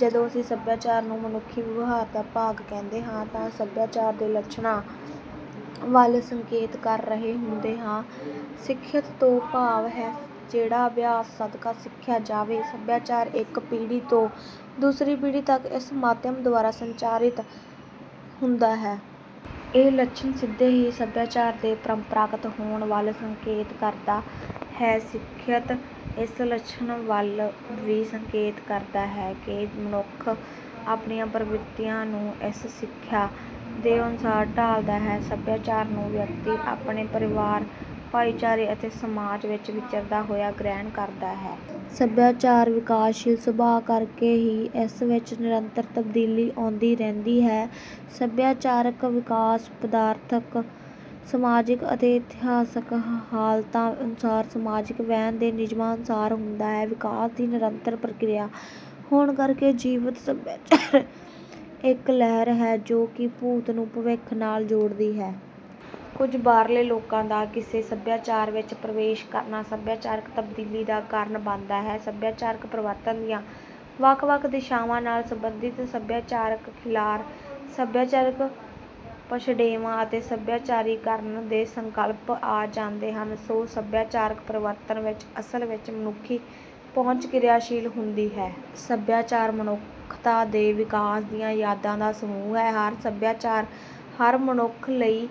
ਜਦੋਂ ਅਸੀਂ ਸਭਿਆਚਾਰ ਨੂੰ ਮਨੁੱਖੀ ਵਿਵਹਾਰ ਦਾ ਭਾਗ ਕਹਿੰਦੇ ਹਾਂ ਤਾਂ ਸਭਿਆਚਾਰ ਦੇ ਲੱਛਣਾਂ ਵੱਲ ਸੰਕੇਤ ਕਰ ਰਹੇ ਹੁੰਦੇ ਹਾਂ। ਸਿੱਖਿਅਤ ਤੋਂ ਭਾਵ ਹੈ, ਜਿਹੜਾ ਅਭਿਆਸ ਸਦਕਾ ਸਿੱਖਿਆ ਜਾਵੇ। ਸਭਿਆਚਾਰ ਇੱਕ ਪੀੜ੍ਹੀ ਤੋਂ ਦੂਸਰੀ ਪੀੜ੍ਹੀ ਤੱਕ ਇਸ ਮਾਧਿਅਮ ਦੁਆਰਾ ਸੰਚਾਰਿਤ ਹੁੰਦਾ ਹੈ। ਇਹ ਲੱਛਣ ਸਿੱਧੇ ਹੀ ਸਭਿਆਚਾਰ ਦੇ ਪਰੰਪਰਾਗਤ ਹੋਣ ਵੱਲ ਸੰਕੇਤ ਕਰਦਾ ਹੈ। ਸਿੱਖਿਅਤ ਇਸ ਲੱਛਣ ਵੱਲ ਵੀ ਸੰਕੇਤ ਕਰਦਾ ਹੈ ਕਿ ਮਨੁੱਖ ਆਪਣੀਆਂ ਪ੍ਰਵਿਰਤੀਆਂ ਨੂੰ ਇਸ ਸਿੱਖਿਆ ਦੇ ਅਨੁਸਾਰ ਢਾਲਦਾ ਹੈ। ਸਭਿਆਚਾਰ ਨੂੰ ਵਿਅਕਤੀ ਆਪਣੇ ਪਰਿਵਾਰ, ਭਾਈਚਾਰੇ ਅਤੇ ਸਮਾਜ ਵਿੱਚ ਵਿਚਰਦਾ ਹੋਇਆ ਗ੍ਰਹਿਣ ਕਰਦਾ ਹੈ। ਸਭਿਆਚਾਰ ਵਿਕਾਸਸ਼ੀਲ ਸੁਭਾਅ ਕਰਕੇ ਹੀ ਇਸ ਵਿੱਚ ਨਿਰੰਤਰ ਤਬਦੀਲੀ ਆਉਂਦੀ ਰਹਿੰਦੀ ਹੈ। ਸਭਿਆਚਾਰਕ ਵਿਕਾਸ ਪਦਾਰਥਕ, ਸਮਾਜਿਕ ਅਤੇ ਇਤਿਹਾਸਕ ਹਾਲਤਾਂ ਅਨੁਸਾਰ, ਸਮਾਜਿਕ ਵਹਿਣ ਦੇ ਨਿਯਮਾਂ ਅਨੁਸਾਰ ਹੁੰਦਾ ਹੈ। ਵਿਕਾਸ ਦੀ ਨਿਰੰਤਰ ਪ੍ਰਕਿਰਿਆ ਹੋਣ ਕਰਕੇ ਜੀਵਿਤ ਸਭਿਆਚਾਰ ਇੱਕ ਲਹਿਰ ਹੈ, ਜੋ ਕਿ ਭੂਤ ਨੂੰ ਭਵਿੱਖ ਨਾਲ ਜੋੜਦੀ ਹੈ। ਕੁਝ ਬਾਹਰਲੇ ਲੋਕਾਂ ਦਾ ਕਿਸੇ ਸਭਿਆਚਾਰ ਵਿੱਚ ਪ੍ਰਵੇਸ਼ ਕਰਨਾ ਸਭਿਆਚਾਰਕ ਤਬਦੀਲੀ ਦਾ ਕਾਰਨ ਬਣਦਾ ਹੈ। ਸਭਿਆਚਾਰਕ ਪਰਿਵਰਤਨ ਦੀਆਂ ਵੱਖ-ਵੱਖ ਦਿਸ਼ਾਵਾਂ ਨਾਲ ਸੰਬੰਧਿਤ ਸਭਿਆਚਾਰਕ-ਖਿਲਾਰ, ਸਭਿਆਚਾਰਕ-ਪਛੜੇਵਾਂ ਅਤੇ ਸਭਿਆਚਾਰੀਕਰਣ ਦੇ ਸੰਕਲਪ ਆ ਜਾਂਦੇ ਹਨ। ਸੋ, ਸਭਿਆਚਾਰਕ ਪਰਿਵਰਤਨ ਵਿੱਚ ਅਸਲ ਵਿੱਚ ਮਨੁੱਖੀ ਪਹੁੰਚ ਕਿਰਿਆਸ਼ੀਲ ਹੁੰਦੀ ਹੈ। ਸਭਿਆਚਾਰ ਮਨੁੱਖਤਾ ਦੇ ਵਿਕਾਸ ਦੀਆਂ ਯਾਦਾਂ ਦਾ ਸਮੂਹ ਹੈ। ਹਰ ਸਭਿਆਚਾਰ ਹਰ ਮਨੁੱਖ ਲਈ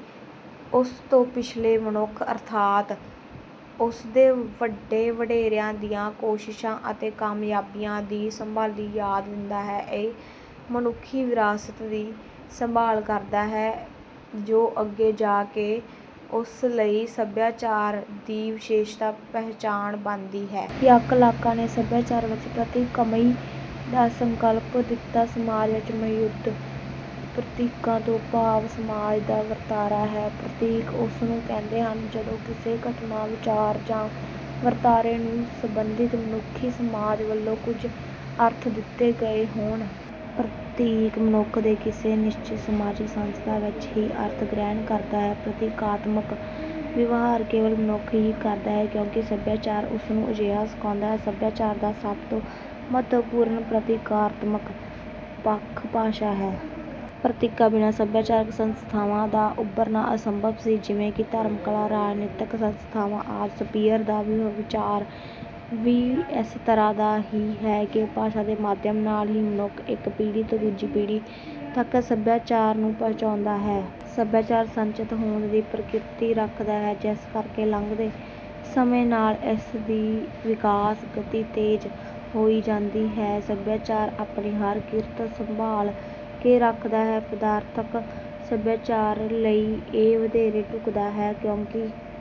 ਉਸ ਤੋਂ ਪਿਛਲੇ ਮਨੁੱਖ, ਅਰਥਾਤ ਉਸਦੇ ਵੱਡੇ-ਵਡੇਰਿਆਂ ਦੀਆਂ ਕੋਸ਼ਿਸ਼ਾਂ ਅਤੇ ਕਾਮਯਾਬੀਆਂ ਦੀ ਸੰਭਾਲੀ ਯਾਦ ਦਿੰਦਾ ਹੈ। ਇਹ ਮਨੁੱਖੀ ਵਿਰਾਸਤ ਦੀ ਸੰਭਾਲ ਕਰਦਾ ਹੈ, ਜੋ ਅੱਗੇ ਜਾ ਕੇ ਉਸ ਲਈ ਸਭਿਆਚਾਰ ਦੀ ਵਿਸ਼ੇਸ਼ ਪਹਿਚਾਣ ਬਣਦੀ ਹੈ। ‘ਯੱਕ ਲਾਂਕਾਂ’ ਨੇ ਸਭਿਆਚਾਰ ਵਿੱਚ ਪ੍ਰਤੀਕਮਈ ਦਾ ਸੰਕਲਪ ਦਿੱਤਾ। ਸਮਾਜ ਵਿੱਚ ਮੌਜੂਦ ਪ੍ਰਤੀਕਾਂ ਤੋਂ ਭਾਵ ਸਮਾਜ ਦਾ ਵਰਤਾਰਾ ਹੈ। ਪ੍ਰਤੀਕ ਉਸਨੂੰ ਕਹਿੰਦੇ ਹਨ, ਜਦੋਂ ਕਿਸੇ ਘਟਨਾ, ਵਿਚਾਰ ਜਾਂ ਵਰਤਾਰੇ ਨੂੰ ਸੰਬੰਧਿਤ ਮਨੁੱਖੀ ਸਮਾਜ ਵੱਲੋਂ ਕੁਝ ਅਰਥ ਦਿੱਤੇ ਗਏ ਹੋਣ। ਪ੍ਰਤੀਕ ਮਨੁੱਖ ਦੇ ਕਿਸੇ ਨਿਸ਼ਚਿਤ ਸਮਾਜਿਕ ਸੰਸਥਾ ਵਿੱਚ ਹੀ ਅਰਥ ਗ੍ਰਹਿਣ ਕਰਦਾ ਹੈ। ਪ੍ਰਤੀਕਾਤਮਕ ਵਿਵਹਾਰ ਕੇਵਲ ਮਨੁੱਖ ਹੀ ਕਰਦਾ ਹੈ, ਕਿਉਂਕਿ ਸਭਿਆਚਾਰ ਉਸਨੂੰ ਅਜਿਹਾ ਸਿਖਾਉਂਦਾ ਹੈ। ਸਭਿਆਚਾਰ ਦਾ ਸਭ ਤੋਂ ਮਹੱਤਵਪੂਰਨ ਪ੍ਰਤੀਕਾਰਤਮਕ ਪੱਖ ਭਾਸ਼ਾ ਹੈ। ਪ੍ਰਤੀਕਾਂ ਬਿਨਾਂ ਸਭਿਆਚਾਰਕ ਸੰਸਥਾਵਾਂ ਦਾ ਉਭਰਨਾ ਅਸੰਭਵ ਸੀ, ਜਿਵੇਂ ਕਿ ਧਰਮ, ਕਲਾ, ਰਾਜਨੀਤਿਕ ਸੰਸਥਾਵਾਂ ਆਦਿ। ਸਪੀਅਰ ਦਾ ਵਿਚਾਰ ਵੀ ਇਸ ਤਰ੍ਹਾਂ ਦਾ ਹੀ ਹੈ ਕਿ ਭਾਸ਼ਾ ਦੇ ਮਾਧਿਅਮ ਨਾਲ ਹੀ ਮਨੁੱਖ ਇੱਕ ਪੀੜ੍ਹੀ ਤੋਂ ਦੂਜੀ ਪੀੜ੍ਹੀ ਤੱਕ ਸਭਿਆਚਾਰ ਨੂੰ ਪਹੁੰਚਾਉਂਦਾ ਹੈ। ਸਭਿਆਚਾਰ ਸੰਚਿਤ ਹੋਂਦ ਦੀ ਪ੍ਰਕਿਰਤੀ ਰੱਖਦਾ ਹੈ, ਜਿਸ ਕਰਕੇ ਲੰਘਦੇ ਸਮੇਂ ਨਾਲ ਇਸ ਦੀ ਵਿਕਾਸ ਗਤੀ ਤੇਜ਼ ਹੋਈ ਜਾਂਦੀ ਹੈ। ਸਭਿਆਚਾਰ ਆਪਣੀ ਹਰ ਕਿਰਤ ਸੰਭਾਲ ਕੇ ਰੱਖਦਾ ਹੈ। ਪਦਾਰਥਕ ਸਭਿਆਚਾਰ ਲਈ ਇਹ ਵਧੇਰੇ ਢੁੱਕਦਾ ਹੈ, ਕਿਉਂਕਿ...